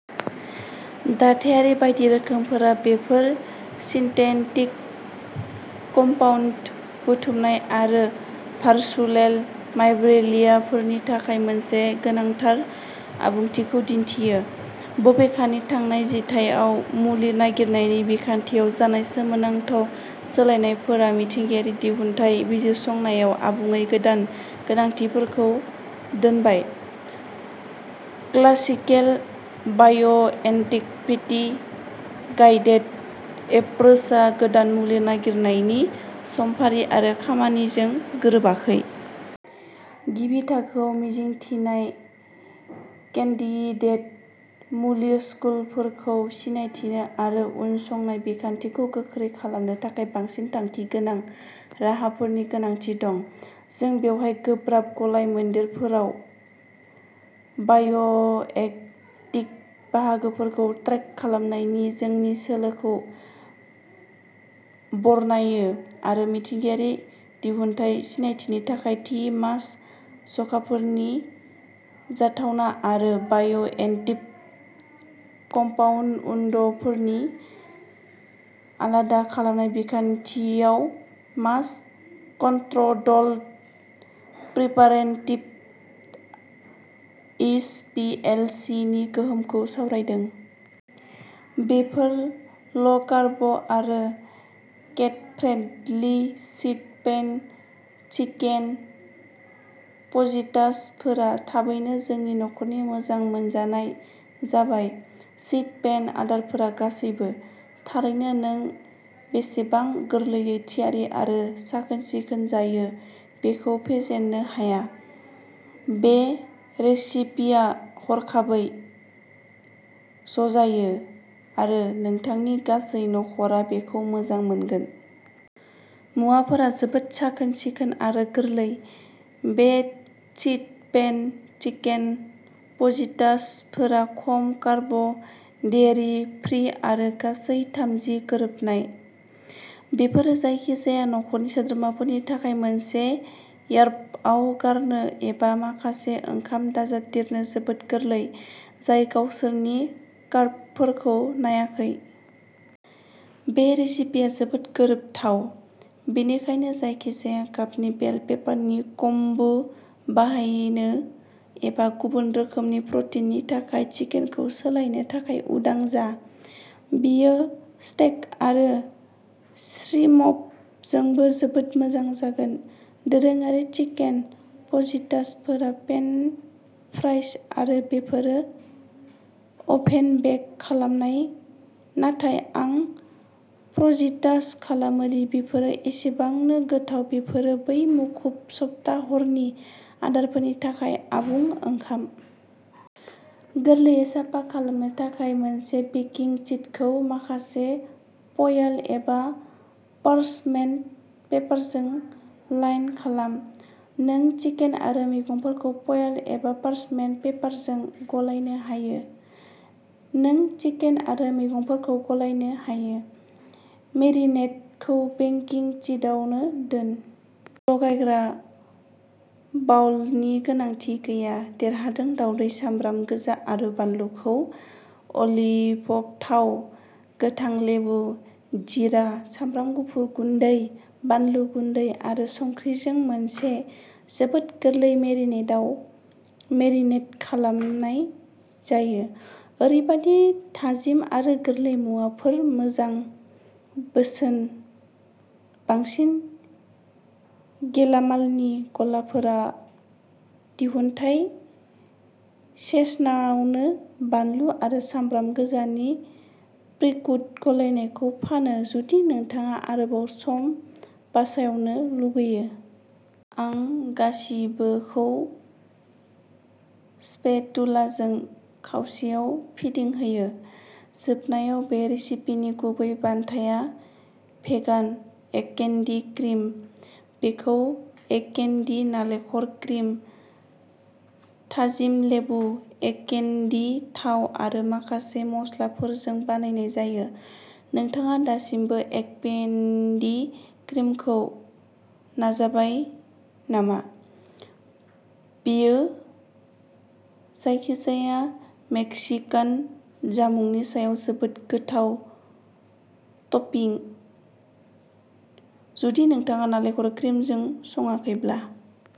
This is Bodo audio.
दाथायारि बायदि रोखोमफोरा बेफोर सिन्थेटिक कम्पाउन्ड बुथुमनाय आरो भारसुएल लाइब्रेरिफोरनि थाखाय मोनसे गोनांथार आबुंथिखौ दिन्थियो। बबेखानि थांनाय जिथाइयाव मुलि नागिरनायनि बिखान्थियाव जानाय सोमोनांथाव सोलायनायफोरा मिथिंगायारि दिहुनथाय बिजिरसंनायाव आबुङै गोदान गोनांथिफोरखौ दोनबाय। क्लासिकेल बाय'एक्टिभिटि गाइडेड एप्रोचआ गोदान मुलि नागिरनायनि समफारि आरो खामानिजों गोरोबाखै। गिबि थाखोआव मिजिं थिनाय केन्डिडेट मलिक्युलफोरखौ सिनायथिनो आरो उनसंनाय बिखान्थिखौ गोख्रै खालामनो थाखाय बांसिन थांखि गोनां राहाफोरनि गोनांथि दं। जों बेवहाय गोब्राब गलायमोन्देरफोराव बाय'एक्टिब बाहागोफोरखौ ट्रेक खालामनायनि जोंनि सोलोखौ बरनायो आरो मिथिंगायारि दिहुनथाय सिनायथिनि थाखाय थि मास जखाफोरनि जाथावना आरो बाय'एक्टिब कम्पाउन्डफोरनि आलादा खालामनाय बिखान्थियाव mass controlled preparative H P L C नि गोहोमखौ सावरायदों। बेफोर ल'कार्ब आरो केट'फ्रेन्डलि शीट पैन चिकेन फजितासफोरा थाबैनो जोंनि नखरनि मोजां मोनजानाय जाबाय। शीट पैन आदारफोरा गासैबो। थारैनो नों बेसेबां गोरलैयै थियारि आरो साखोन-सिखोन जायो बेखौ फेजेननो हाया। बे रेसिपिया हरखाबै ज'जायो आरो नोंथांनि गासै नख'रा बेखौ मोजां मोनगोन। मुवाफोरा जोबोद साखोन-सिखोन आरो गोरलै। बे शीट पेन चिकेन फजितासफोरा खम कार्ब डेयरी फ्रि आरो गासै थामजि गोरोबनाय। बेफोरो जायखिजाया नखरनि सोद्रोमाफोरनि थाखाय मोनसे र्यापआव गारनो एबा माखासे ओंखाम दाजाबदेरनो जोबोद गोरलै। जाय गावसोरनि कार्बफोरखौ नायाखै। बे रेसिपिया जोबोद गोरोबथाव। बेनिखायनो जायखिजाया गाबनि बेल पेपारनि कम्बो बाहायनो एबा गुबुन रोखोमनि प्रटिननि थाखाय चिकेनखौ सोलायनो थाखाय उदां जा। बेयो स्टेक एबा श्रिमपजोंबो जोबोद मोजां जागोन। दोरोङारि चिकेन फजितासफोरा पेन फ्राइड आरो बेफोर अभेन बेक खालामनाय नाथाय आं प्रजितास खालामो दि बेफोरो एसेबांनो गोथाव बेफोरो बै मुखुब सप्ता हरनि आदारफोरनि थाखाय आबुं ओंखाम। गोरलैयै साफा खालामनो थाखाय मोनसे बेकिं शीटखौ माखासे फयल एबा पार्चमेन्ट पेपारजों लाइन खालाम। नों चिकेन आरो मैगंफोरखौ फयल एबा पार्चमेन्ट पेपारजों गलायनो हायो। नों चिकेन आरो मैगंफोरखौ गलायनो हायो। मेरिनेडखौ बेकिं शीटआवनो दोन। गलायग्रा बावलनि गोनांथि गैया। देरहादों दावदै सामब्राम गोजा आरो बानलुफोरखौ अलिभ थाव, गोथां लेबु, जीरा, सामब्राम गुफुर गुन्दै, बानलु गुन्दै आरो संख्रिजों मोनसे जोबोद गोरलै मेरिनेडआव मेरिनेट खालामनाय जायो। ओरैबायदि थाजिम आरो गोरलै मुवाफोर मोजां बोसोन बांसिन गेलामालनि गलाफोरा दिहुनथाइ सेशनावनो बानलु आरो सामब्राम गोजानि प्रिकुट गलायनायखौ फानो जुदि नोंथाङा आरोबाव सम बासायनो लुगैयो। आं गासिबोखौ स्पेटुलाजों खावसेयाव फिदिंहोयो। जोबनायाव बे रेसिपिनि गुबै बान्थाया भेगान एभ'केडि क्रिम। बेखौ एभ'केडि नालेंखर क्रिम, थाजिम लेबु, एभ'केडि थाव आरो माखासे मस्लाफोरजों बानायनाय जायो। नोंथाङा दासिमबो एभ'केडि क्रिमखौ नाजाबाय नामा? बेयो जायखिजाया मेक्सिकान जामुंनि सायाव जोबोद गोथाव टपिं। जुदि नोंथाङा नालेंखर क्रिमजों संङाखैब्ला।